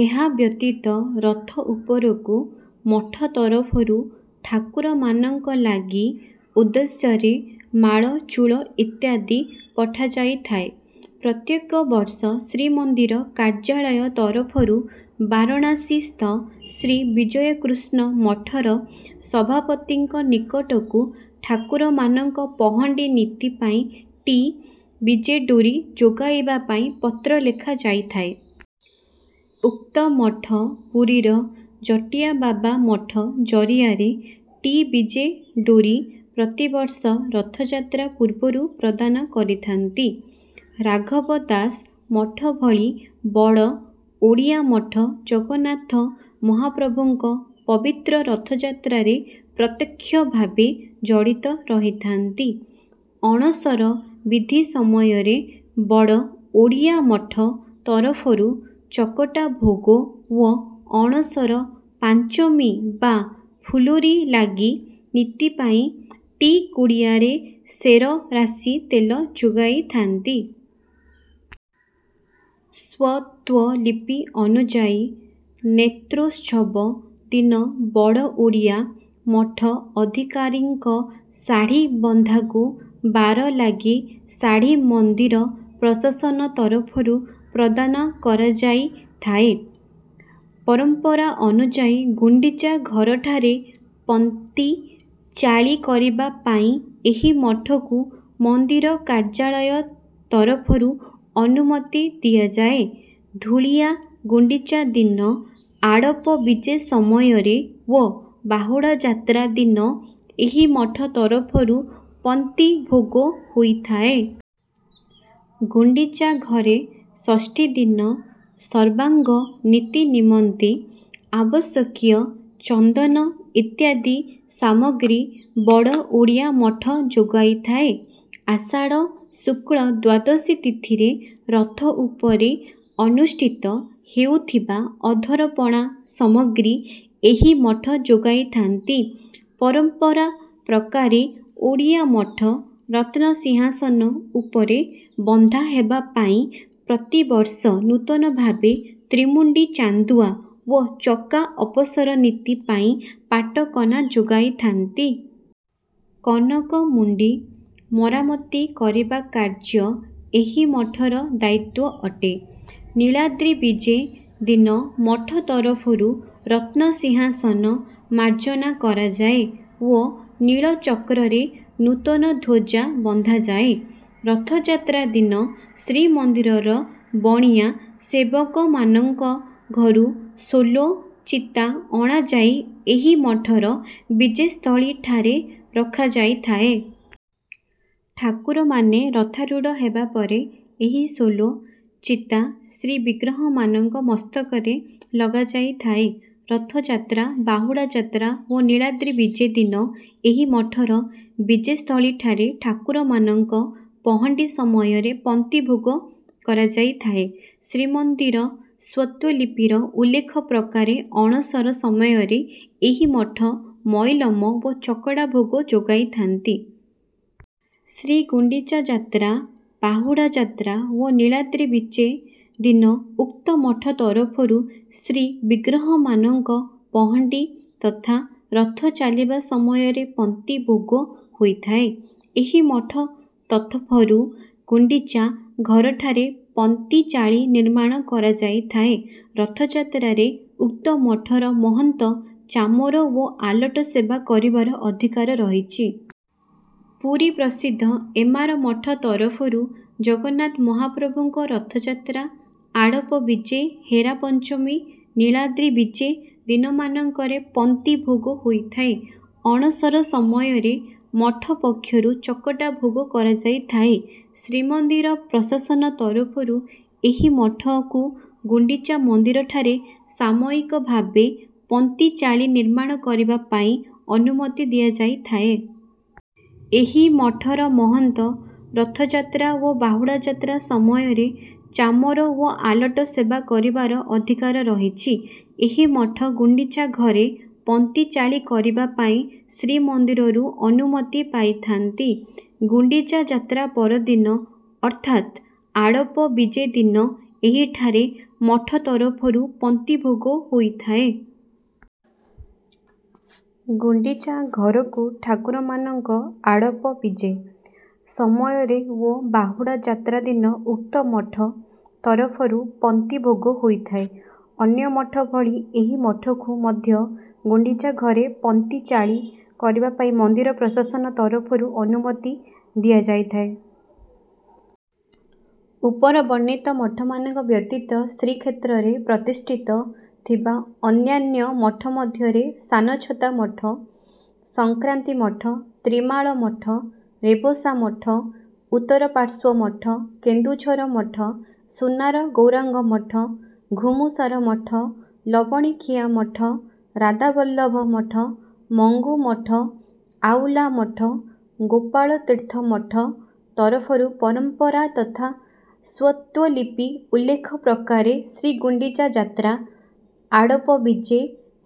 ଏହା ବ୍ୟତୀତ ରଥ ଉପରକୁ ମଠ ତରଫରୁ ଠାକୁରମାନଙ୍କ ଲାଗି ଉଦ୍ଦେଶ୍ୟରେ ମାଳ, ଚୂଳ ଇତ୍ୟାଦି ପଠାଯାଇଥାଏ। ପ୍ରତ୍ୟେକ ବର୍ଷ ଶ୍ରୀମନ୍ଦିର କାର୍ଯ୍ୟାଳୟ ତରଫରୁ ବାରଣାସୀସ୍ଥ ଶ୍ରୀ ବିଜୟକୃଷ୍ଣ ମଠର ସଭାପତିଙ୍କ ନିକଟକୁ ଠାକୁରମାନଙ୍କ ପହଣ୍ଡି ନୀତି ପାଇଁ ଟି ବିଜେ ଡୋରି ଯୋଗାଇବା ପାଇଁ ପତ୍ର ଲେଖା ଯାଇଥାଏ। ଉକ୍ତ ମଠ ପୁରୀର ଜଟିଆ ବାବା ମଠ ଜରିଆରେ ଟି ବିଜେ ଡୋରି ପ୍ରତିବର୍ଷ ରଥଯାତ୍ରା ପୂର୍ବରୁ ପ୍ରଦାନ କରିଥାନ୍ତି। ରାଘବ ଦାସ ମଠ ଭଳି ବଡ଼ ଓଡ଼ିଆ ମଠ ଜଗନ୍ନାଥ ମହାପ୍ରଭୁଙ୍କ ପବିତ୍ର ରଥଯାତ୍ରାରେ ପ୍ରତ୍ୟକ୍ଷ ଭାବେ ଜଡି଼ତ ରହିଥାନ୍ତି। ଅଣସର ବିଧି ସମୟରେ ବଡ଼ ଓଡ଼ିଆ ମଠ ତରଫରୁ ଚକଟା ଭୋଗ ଓ ଅଣସର ପାଞ୍ଚମୀ ବା ଫୁଲୁରି ଲାଗି ନୀତି ପାଇଁ ଟି କୁଡୁଆରେ ସେର ରାଶି ତେଲ ଯୋଗାଇଥାନ୍ତି। ସ୍ୱତ୍ତ୍ୱଲିପି ଅନୁଯାୟୀ ନେତ୍ରୋତ୍ସବ ଦିନ ବଡ଼ ଓଡ଼ିଆ ମଠ ଅଧିକାରୀଙ୍କ ଶାଢ଼ୀ଼ ବନ୍ଧାକୁ ବାର ଲାଗି ଶାଢ଼ୀ଼ ମନ୍ଦିର ପ୍ରଶାସନ ତରଫରୁ ପ୍ରଦାନ କରାୟାଇଥାଏ। ପରମ୍ପରା ଅନୁଯାୟୀ ଗୁଣ୍ଡିଚା ଘରଠାରେ ପନ୍ତି ଚାଳି କରିବା ପାଇଁ ଏହି ମଠକୁ ମନ୍ଦିର କାର୍ଯ୍ୟାଳୟ ତରଫରୁଅନୁମତି ଦିଆଯାଏ। ଧୂଳିଆ ଗୁଣ୍ଡିଚା ଦିନ ଆଡ଼ପ ବିଜେ ସମୟରେ ଓ ବାହୁଡା଼ଯାତ୍ରା ଦିନ ଏହି ମଠ ତରଫରୁ ପନ୍ତିଭୋଗ ହୋଇଥାଏ। ଗୁଣ୍ଡିଚା ଘରେ ଷଷ୍ଠୀ ଦିନ ସର୍ବାଙ୍ଗ ନୀତି ନିମନ୍ତେ ଆବଶ୍ୟକୀୟ ଚନ୍ଦନ ଇତ୍ୟାଦି ସାମଗ୍ରୀ ବଡ଼ ଓଡ଼ିଆ ମଠ ଯୋଗାଇଥାଏ। ଆଷାଢ଼ ଶୁକ୍ଳ ଦ୍ୱାଦଶୀ ତିଥିରେ ରଥ ଉପରେ ଅନୁଷ୍ଠିତ ହେଉଥିବା ଅଧରପଣା ସମଗ୍ରୀ ଏହି ମଠ ଯୋଗାଇଥାନ୍ତି। ପରମ୍ପରା ପ୍ରକାରେ ଓଡ଼ିଆ ମଠ ରତ୍ନସିଂହାସନ ଉପରେ ବନ୍ଧା ହେବା ପାଇଁ ପ୍ରତିବର୍ଷ ନୂତନ ଭାବେ ତ୍ରିମୁଣ୍ଡି ଚାନ୍ଦୁଆ ଓ ଚକା ଅପସର ନୀତି ପାଇଁ ପାଟ କନା ଯୋଗାଇଥାନ୍ତି। କନକମୁଣ୍ଡି ମରାମତି କରିବା କାର୍ଯ୍ୟ ଏହି ମଠର ଦାୟିତ୍ୱ ଅଟେ। ନୀଳାଦ୍ରି ବିଜେ ଦିନ ମଠ ତରଫରୁ ରତ୍ନସିଂହାସନ ମାର୍ଜନା କରାଯାଏ ଓ ନୀଳଚକ୍ରରେ ନୂତନ ଧ୍ୱଜା ବନ୍ଧାଯାଏ। ରଥଯାତ୍ରା ଦିନ ଶ୍ରୀମନ୍ଦିରର ବଣିଆ ସେବକମାନଙ୍କ ଘରୁ ସୋଲ ଚିତା ଅଣାଯାଇ ଏହି ମଠର ବିଜେସ୍ଥଳୀଠାରେ ରଖାଯାଇଥାଏ। ଠାକୁରମାନେ ରଥାରୂଢ଼ ହେବାପରେ ଏହି ସୋଲ ଚିତା ଶ୍ରୀବିଗ୍ରହମାନଙ୍କ ମସ୍ତକରେ ଲଗାଯାଇଥାଏ। ରଥଯାତ୍ରା, ବାହୁଡା଼ ଯାତ୍ରା ଓ ନୀଳାଦ୍ରି ବିଜେ ଦିନ ଏହି ମଠର ବିଜେସ୍ଥଳୀଠାରେ ଠାକୁରମାନଙ୍କ ପହଣ୍ଡି ସମୟରେ ପନ୍ତି ଭୋଗ କରାଯାଇଥାଏ। ଶ୍ରୀମନ୍ଦିର ସ୍ୱତ୍ତ୍ୱଲିପିର ଉଲ୍ଲେଖ ପ୍ରକାରେ ଅଣସର ସମୟରେ ଏହି ମଠ ମଇଲମ ଓ ଚକଡା଼ ଭୋଗ ଯୋଗାଇଥାନ୍ତି। ଶ୍ରୀଗୁଣ୍ଡିଚା ଯାତ୍ରା, ବାହୁଡା଼ ଯାତ୍ରା ଓ ନୀଳାଦ୍ରି ବିଜେ ଦିନ ଉକ୍ତ ମଠ ତରଫରୁ ଶ୍ରୀବିଗ୍ରହମାନଙ୍କ ପହଣ୍ଡି ତଥା ରଥ ଚାଲିବା ସମୟରେ ପନ୍ତି ଭୋଗ ହୋଇଥାଏ। ଏହି ମଠ ତତଫରୁ ଗୁଣ୍ଡିଚା ଘରଠାରେ ପନ୍ତି ଚାଳି ନିର୍ମାଣ କରାଯାଇଥାଏ। ରଥଯାତ୍ରାରେ ଉକ୍ତ ମଠର ମହନ୍ତ ଚାମର ଓ ଆଲଟ ସେବା କରିବାର ଅଧିକାର ରହିଛି। ପୁରୀ ପ୍ରସିଦ୍ଧ ଏମାର ମଠ ତରଫରୁ ଜଗନ୍ନାଥ ମହାପ୍ରଭୁଙ୍କ ରଥଯାତ୍ରା, ଆଡ଼ପ ବିଜେ, ହେରା ପଞ୍ଚମୀ, ନୀଳାଦ୍ରି ବିଜେ ଦିନମାନଙ୍କରେ ପନ୍ତି ଭୋଗ ହୋଇଥାଏ। ଅଣସର ସମୟରେ ମଠ ପକ୍ଷରୁ ଚକଟା ଭୋଗ କରାଯାଇଥାଏ। ଶ୍ରୀମନ୍ଦିର ପ୍ରଶାସନ ତରଫରୁ ଏହି ମଠକୁ ଗୁଣ୍ଡିଚା ମନ୍ଦିରଠାରେ ସାମୟିକ ଭାବେ ପନ୍ତି ଚାଳି ନିର୍ମାଣ କରିବା ପାଇଁ ଅନୁମତି ଦିଆଯାଇଥାଏ। ଏହି ମଠର ମହନ୍ତ ରଥଯାତ୍ରା ଓ ବାହୁଡା଼ ଯାତ୍ରା ସମୟରେ ଚାମର ଓ ଆଲଟ ସେବା କରିବାର ଅଧିକାର ରହିଛି। ଏହି ମଠ ଗୁଣ୍ଡିଚା ଘରେ ପନ୍ତି ଚାଳି କରିବା ପାଇଁ ଶ୍ରୀମନ୍ଦିରରୁ ଅନୁମତି ପାଇଥାନ୍ତି। ଗୁଣ୍ଡିଚା ଯାତ୍ରା ପରଦିନ ଅର୍ଥାତ ଆଡ଼ପ ବିଜେ ଦିନ ଏହିଠାରେ ମଠ ତରଫରୁ ପନ୍ତି ଭୋଗ ହୋଇଥାଏ। ଗୁଣ୍ଡିଚା ଘରକୁ ଠାକୁରମାନଙ୍କ ଆଡ଼ପ ବିଜେ ସମୟରେ ଓ ବାହୁଡା଼ ଯାତ୍ରା ଦିନ ଉକ୍ତ ମଠ ତରଫରୁ ପନ୍ତି ଭୋଗ ହୋଇଥାଏ। ଅନ୍ୟ ମଠ ଭଳି ଏ ମଠକୁ ମଧ୍ୟ ଗୁଣ୍ଡିଚା ଘରେ ପନ୍ତି ଚାଳି କରିବା ପାଇଁ ମନ୍ଦିର ପ୍ରଶାସନ ତରଫରୁ ଅନୁମତି ଦିଆୟାଇଥାଏ। ଉପରବର୍ଣ୍ଣିତ ମଠମାନଙ୍କ ବ୍ୟତୀତ ଶ୍ରୀକ୍ଷେତ୍ରରେ ପ୍ରତିଷ୍ଠିତ ଥିବା ଅନ୍ୟାନ୍ୟ ମଠମଧ୍ୟରେ ସାନଛତା ମଠ, ସଂକ୍ରାନ୍ତି ମଠ, ତ୍ରିମାଳ ମଠ, ରେବସା ମଠ, ଉତ୍ତରପାର୍ଶ୍ୱ ମଠ, କେନ୍ଦୁଝର ମଠ, ସୁନାର ଗୌରାଙ୍ଗ ମଠ, ଘୁମୁସର ମଠ, ଲବଣିଖିଆ ମଠ, ରାଧାବଲ୍ଲଭ ମଠ, ମଙ୍ଗୁ ମଠ, ଆଉଲା ମଠ, ଗୋପାଳ ତୀର୍ଥ ମଠ ତରଫରୁ ପରମ୍ପରା ତଥା ସ୍ୱତ୍ତ୍ୱଲିପି ଉଲ୍ଲେଖ ପ୍ରକାରେ ଶ୍ରୀଗୁଣ୍ଡିଚା ଯାତ୍ରା ଆଡ଼ପ ବିଜେ,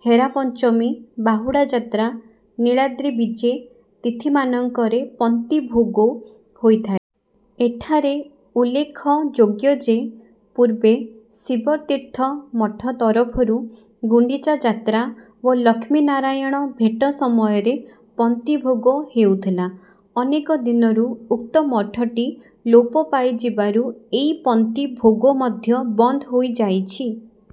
ହେରା ପଞ୍ଚମୀ, ବାହୁଡା଼ ଯାତ୍ରା, ନୀଳାଦ୍ରି ବିଜେ ତିଥିମାନଙ୍କରେ ପନ୍ତି ଭୋଗ ହୋଇଥାଏ। ଏଠାରେ ଉଲ୍ଲେଖ ଯୋଗ୍ୟ ଯେ, ପୂର୍ବେ ଶିବତୀର୍ଥ ମଠ ତରଫରୁ ଗୁଣ୍ଡିଚା ଯାତ୍ରା ଓ ଲକ୍ଷ୍ମୀ ନାରୟଣ ଭେଟ ସମୟରେ ପନ୍ତି ଭୋଗ ହେଉଥିଲା। ଅନେକ ଦିନରୁ ଉକ୍ତ ମଠଟି ଲୋପ ପାଇଯିବାରୁ ଏହି ପନ୍ତି ଭୋଗ ମଧ୍ୟ ବନ୍ଦ ହୋଇଯାଇଛି।